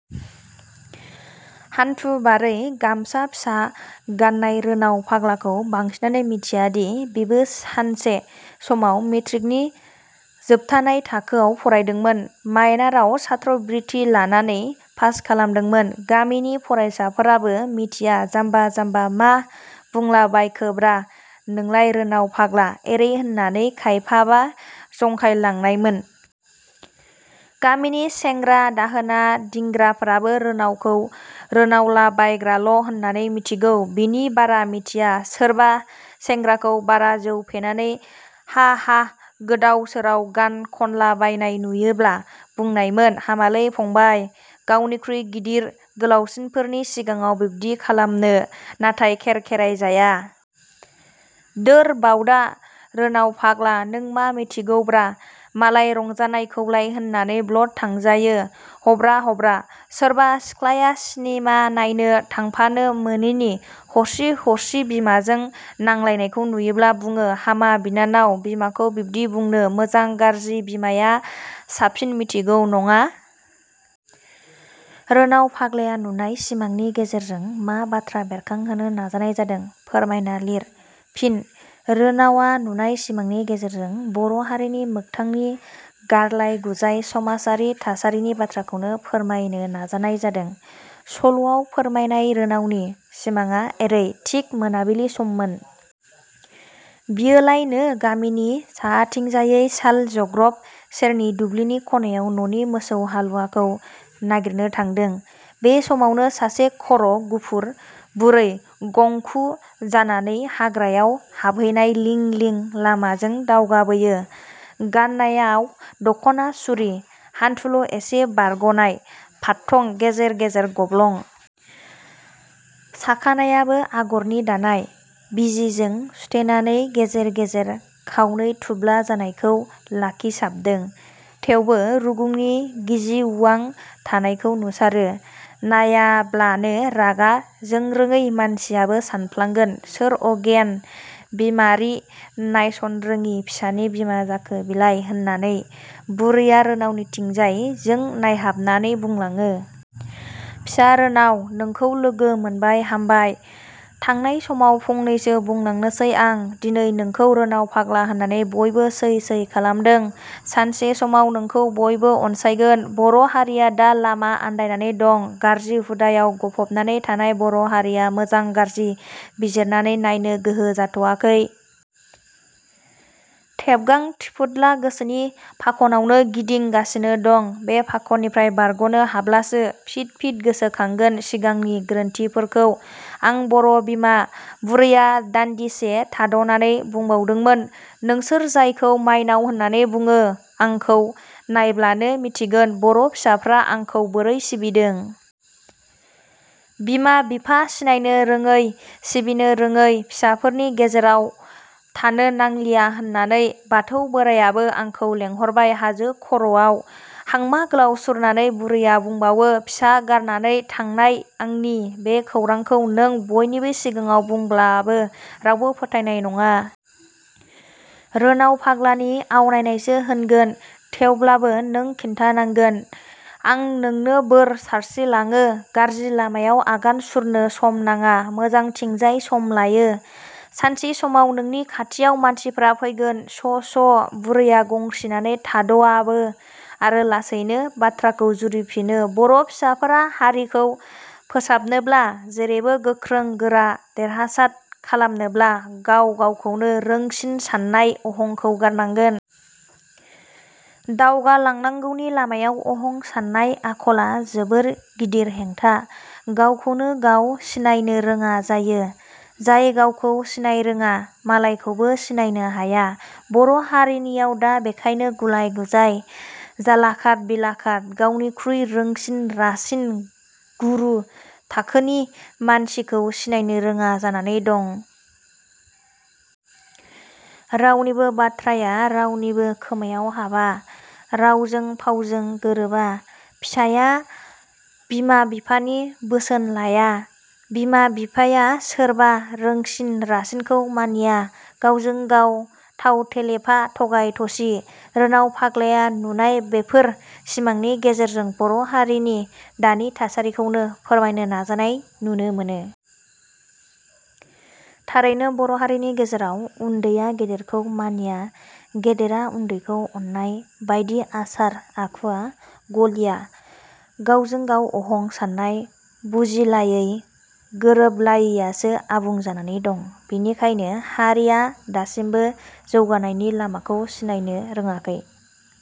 हानथुबारै गामसा फिसा गाननाय रोनाव फाग्लाखौ बांसिनानो मिथियादि बिबो सानसे समाव मेट्रिकनि जोबथानाय थाखोआव फरायदोंमोन, माइनारायाव सात्र बृत्ति लानानै पास खालामदोंमोन। गामिनि फरायसाफोराबो मिथिया जाम्बा जाम्बा मा बुंलाबायखोब्रा नोलाय रोनाव फाग्ला-एरै होननानै खायफाबा जंखायलांनायमोन। गामिनि सेंग्रा दाहोना दिग्राफोराबो रोनावखौ रोनावद्लाबायग्राल' होननानै मिथिगौ, बिनि बारा मिथिया सोरबा सेंग्राखौ बारा जौ फेनानै हा हा गोदाव सोराव गान खनलाबायनाय नुयोब्ला बुंनायमोन- "हामालै फंबाइ, गावनिख्रुइ गिदिर गोलावसिनफोरनि सिगाङाव बिदि खालामनो। " नाथाय खेरखेरायजाया। दोर बावदा रोनाव फाग्ला नों मा मिथिगौब्रा मालाय रंजानायखौलाय होननानै ब्लद थांजायो हब्रा-हब्रा। सोरबा सिखलाया सिनोमा नायनो थांफानो मोनैनि हस्रि हसि बिमाजों नांलायनायखौ नुयोब्ला बुङो- "हामा बिनानाव बिमाखौ बिदि बुंनो, मोजां गाज्रि बिमाया साबिसन मिथिगौ नङा। "। रोनाव फाग्लाया नुनाय सिमांनि गेजेरजों मा बाथ्रा बेरखांहोनो नाजानाय जादों फोरमायना लिए। फिनः रोनावा नुनाय सिमांनि गेजेरजों बर' हारिनि मोगथांनि गारलाय गुजाय समाजारि थासारिनि बाथ्राखौनो फोरमायनो नाजानाय जादों। सल'आव फोरमायनाय रोनावनि सिमाङा एरै- थिग मोनाबिलि सममोन। बियो लायनो गामिनि साहाथिंजायै साल जग्रब सेरनि दुब्लिनि खनायाव ननि मोसौ हालुवाखौ नागिरनो थांदों। 'बे समावनो सासे खर' गुफुर बुरै गंखु जानानै हाग्रायाव हाबहैनाय लिं लिं लामाजों दावगाबोयो। गाननायाव दख'ना सुरि। हान्थुल' एसे बारग 'नाय, फाथं, गेजेर गेजेर गब्लं। साखानायाबो आगरनि दानाय। बिजिजों सुथेनानै गेजेर गेजेर खावनै थुब्ला जानायखौ लाखिसाबदों। थेवबो रुगुनि गिजि उवां थानायखौ नुसारो। नायब्लानो रागा जोंरोङै मानसियाबो सानफ्लांगोन, सोर अगेन, बिमारि नायसनरोङि फिसानि बिमा जाखो बिलाय होननानै। बुरैया रोनावनिथिंजाय जों नायहाबनानै बुंलाङो। " फिसा रोनाव, नोंखौ लोगो मोनबाय हामबाय। थांनाय समाव फंनैसो बुंलांनोसै आं। दिनै नोंखौ रोनाव फाग्ला होननानै बयबो सै सै खालामदों। सानसे समाव नोंखौ बयबो अनसायगोन। बर' हारिया दा लामा आनदायनानै दं। गाज्रि हुदायाव गफबनानै थानाय बर' हारिया मोजां गाज्रि बिजिरनानै नायनो गोहो जाथ 'आखै। थेबगां थिफुदला गोसोनि फाखनावनो गिदिं गासिनो दं। बे फाखननिफ्राय बारग'नो हाब्लासो फिद फिद गोसोखांगोन सिंगांनि गोरोन्थिफोरखौ। आं बर' बिमा। बुरैया दानदिसे थाद 'नानै बुंबावदोंमोन, नोंसोर जायखौ माइनाव होननानै बुङो आंखौ नायब्लानो मिथिगोन बर' फिसाफोरा आंखौ बोरै सिबिदों। बिमा बिफा सिनायनो रोङि, सिबिनो रोङि फिसाफोरनि गेजेराव थानो नांलिया होननानै बाथौ बोराइयाबो आंखो लेंहरबाय हाजो खर 'आव। हांमा गोलाउ सुरनानै बुरैया बुंबावो फिसा गारनानै थांनाय आंनि बे खौरांखौ नों बयनिबो सिगाङाव बुंब्लाबो रावबो फोथायनाय नङा। रोनाव फाग्लानि आवनायनायसो होनगोन। थेवब्लाबो नों खिन्थानांगोन। आ नोंनो बोर सारस्रिलाङो। गाज्रि लामायाव आगान सुरनो सम नाङा मोजांथिंजाय सम लायो। सानसे समाव नोंनि खाथियाव मानसिफोरा फैगोन स' स'। बुरैया गंस्रिनानै थाद' हाबो आरो लासैनो बाथ्राखौ जुरिफिनो बर' फिसाफोरा हारिखौ फोसाबनोब्ला, जेरैबो गोख्रों गोरा देरहासाद खालामनोब्ला गाव गावखौनो रोंसिन साननाय अहंखौ गारनांगोन।। दावगालांनांगौनि लामायाव अहं साननाय आखला जोबोर गिदिर हेंथा। गावखौनो गाव सिनायनो रोङा जायो। जाय गावखौ सिनायरोङा मालायखौबो सिनायनो हाया। बर' हारिनियाव दा बेखायनो गुलाय गुजाय, जालाखाद बिलाखाद गावनिख्रुइ रोंसिन रासिन गुरु थाखोनि मानसिखौ सिनायनो रोंङा जानानै दं। रावनिबो बाधाया रावनिबो खोमायाव हाबा। रावजों फावजों गोरोबा फिसाया बिमा बिफानि बोसोन लाया। बिमा बिफाया सोरबा रोंसिन रासिनखौ मानिया। गावजों गाव थाव थेलेफा थगाय थसि। रोनाव फाग्लाया नुनाय बेफोर सिमांनि गेजेरजों बर' हारिनि दानि थासारिखौनो फोरमायनो नाजानाय नुनो मोनो। थारैनो बर' हारिनि गेजेराव उन्दैया गेदेरखौ मानिनाय, गेदेरा उन्दैखौ अननाय, बायदि आसार आखुवा गलिया। गावजों गाव अहं साननाय, बुजिलायि गोरोबलायियासो आबुं जानानै दं। बेनिखायनो हारिया दासिमबो जौगानायनि लामाखौ सिनायनो रोंङाखै।